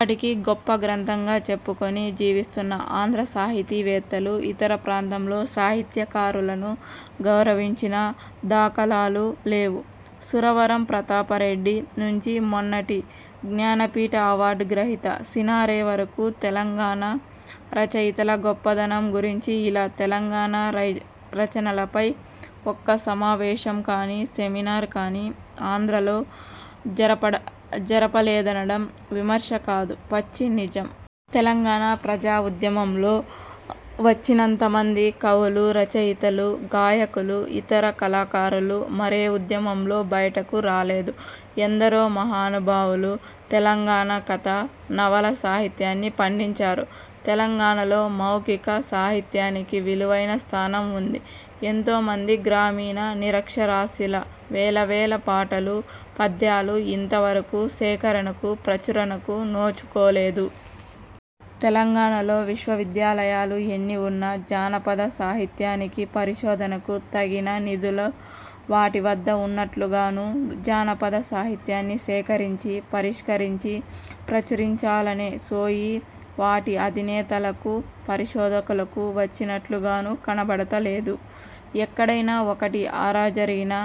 ఇప్పటికి గొప్ప గ్రంథంగా చెప్పుకొని జీవిస్తున్న ఆంధ్ర సాహితీవేత్తలు, ఇతర ప్రాంతంలోని సాహిత్యకారులను గౌరవించిన దాఖలాలు లేవు. సురవరం ప్రతాపరెడ్డి నుంచి మొన్నటి జ్ఞానపీఠ అవార్డ్ గ్రహిత సినారె వరకు తెలంగాణ రచయితల గొప్పదనం గురించి ఇలా తెలంగాణ రచనలపై ఒక్క సమావేశం కాని, సెమినార్ కాని ఆంధ్రలో జరపలేదనడం విమర్శ కాదు, పచ్చి నిజం. తెలంగాణ ప్రజాఉద్యమంలో వచ్చినంతమంది కవులు, రచయితలు, గాయకులు, ఇతర కళాకారులు మరే ఉద్యమంలో బయటకు రాలేదు. ఎందరో మహానుభావులు తెలంగాణ కథ, నవల సాహిత్యాన్ని పండించారు. తెలంగాణలో మౌఖిక సాహిత్యానికి విలువైన స్థానం ఉంది. ఎంతోమంది గ్రామీణ నిరక్షరాస్యుల వేల వేల పాటలు, పద్యాలు ఇంతవరకు సేకరణకు, ప్రచురణకు నోచుకోలేదు. తెలంగాణలో విశ్వవిద్యాలయాలు ఎన్ని ఉన్నా జానపద సాహిత్యానికి, పరిశోధనకు తగిన నిధులు వాటివద్ద ఉన్నట్లుగానూ, జానపద సాహిత్యాన్ని సేకరించి, పరిష్కరించి, ప్రచురించాలనే సోయి వాటి అధినేతలకూ, పరిశోధకులకు వచ్చినట్లుగానూ కనబడతలేదు. ఎక్కడైనా ఒకటీ అరా జరిగినా,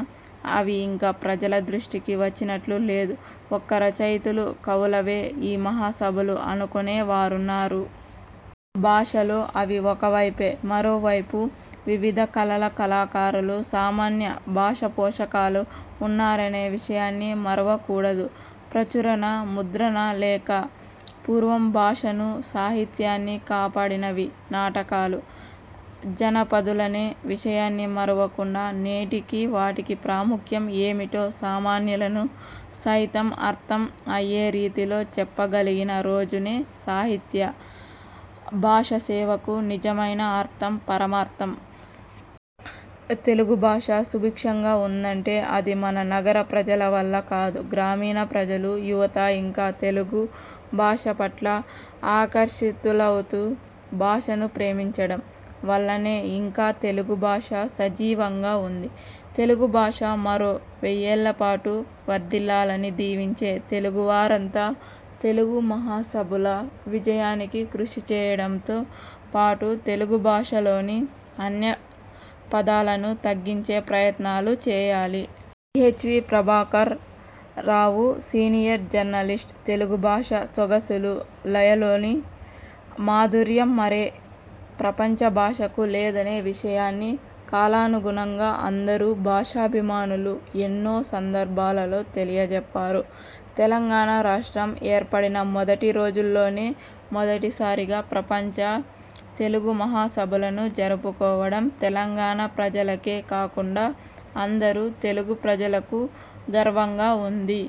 అవి ఇంకా ప్రజల దృష్టికి వచ్చినట్లు లేదు. ఒక్క రచయితలూ, కవులవే ఈ మహా సభలు అనుకొనే వారున్నారు. భాషలో అవి ఒక వైపే. మరో వైపు వివిధ కళల కళాకారులు, సామాన్య భాషాపోషకులు ఉన్నారనే విషయాన్ని మరువకూడదు. ప్రచురణ, ముద్రణ లేక పూర్వం భాషనూ, సాహిత్యాన్నీ కాపాడినవి నాటకాలు, జనపదులనే విషయాన్ని మరువకుండా, నేటికీ వాటి ప్రాముఖ్యం ఏమిటో సామాన్యులకు సైతం అర్థం అయ్యే రీతిలో చెప్పగలిగిన రోజునే సాహిత్య, భాషా సేవకు నిజమైన అర్థం పరమార్థం. తెలుగు భాష సుభిక్షంగా ఉందంటే అది మన నగర ప్రజలవల్ల కాదు. గ్రామీణ ప్రజలు, యువత ఇంకా తెలుగు భాషపట్ల ఆకర్షితులవుతూ, భాషను ప్రేమించడం వల్లనే ఇంకా తెలుగు భాష సజీవంగా ఉంది. తెలుగు భాష మరో వెయ్యేళ్ళపాటు వర్ధిల్లాలని దీవించే తెలుగువారంతా తెలుగు మహాసభల విజయానికి కృషి చేయడంతో పాటు, తెలుగు భాషలోని అన్య పదాలను తగ్గించే ప్రయత్నాలు చేయాలి. సీహెచ్వీ ప్రభాకర్ రావుసీనియర్ జర్నలిస్ట్ తెలుగు భాష సొగసులు, లయలోని మాధుర్యం మరే ప్రపంచ భాషకు లేదనే విషయాన్ని కాలానుగుణంగా అందరు భాషాభిమానులు ఎన్నో సందర్భాలలో తెలియజెప్పారు. తెలంగాణ రాష్ట్రం ఏర్పడిన మొదటి రోజుల్లోనే మొదటిసారిగా ప్రపంచ తెలుగు మహాసభలను జరుపుకోవడం తెలంగాణ ప్రజలకే కాకుండా అందరు తెలుగు ప్రజలకు గర్వంగా ఉంది.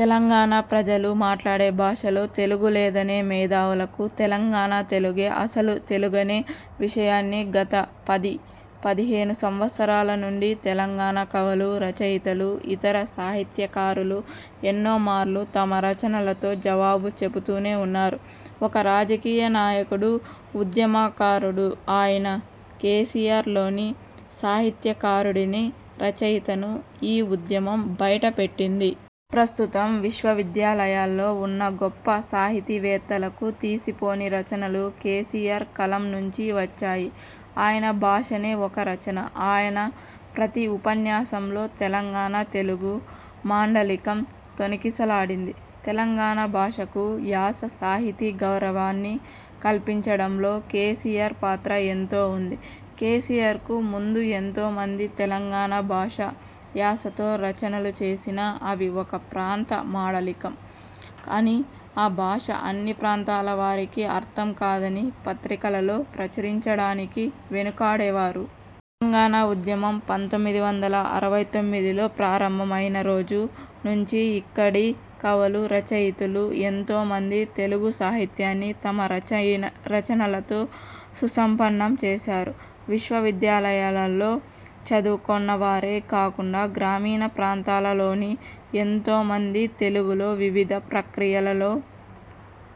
తెలంగాణ ప్రజలు మాట్లాడే భాషలో తెలుగు లేదనే మేధావులకు తెలంగాణ తెలుగే అసలు తెలుగనే విషయాన్ని గత పది పదిహేను సంవత్సరాల నుండి తెలంగాణ కవులు, రచయితలు, ఇతర సాహిత్యకారులు ఎన్నోమార్లు తమ రచనలతో జవాబు చెపుతూనే ఉన్నారు. ఒక రాజకీయ నాయకుడు, ఉద్యమకారుడు అయిన కేసీఆర్ లోని సాహిత్యకారుడిని, రచయితను ఈ ఉద్యమం బయటపెట్టింది. ప్రస్తుతం విశ్వవిద్యాలయాల్లో ఉన్న గొప్ప సాహితీవేత్తలకు తీసిపోని రచనలు కేసీఆర్ కలం నుంచి వచ్చాయి. ఆయన భాషనే ఒక రచన. ఆయన ప్రతి ఉపన్యాసంలో తెలంగాణ తెలుగు మాండలీకం తొణికిసలాడింది. తెలంగాణ భాషకు, యాసకు సాహితీ గౌరవాన్ని కల్పించడంలో కేసీఆర్ పాత్ర ఏంతో ఉంది. కేసీఆర్ కు ముందు ఎంతో మంది తెలంగాణ భాష, యాసతో రచనలు చేసినా అవి ఒక ప్రాంత మాడలీకం అనీ, ఆ భాష అన్ని ప్రాంతాలవారికీ అర్థం కాదని పత్రికలలో ప్రచురించడానికి వెనుకాడేవారు. తెలంగాణ ఉద్యమం పంతొమ్మిది వందల అరవై తొమ్మిదిలో ప్రారంభం అయిన రోజు నుంచి ఇక్కడి కవులు, రచయితలు ఎంతోమంది తెలుగు సాహిత్యాన్ని తమ రచనలతో సుసంపన్నం చేసారు. విశ్వవిద్యాలయాలలో చదువుకొన్న వారే కాకుండా గ్రామీణ ప్రాంతాలలోని ఎంతోమంది తెలుగులో వివిధ ప్రక్రియలలో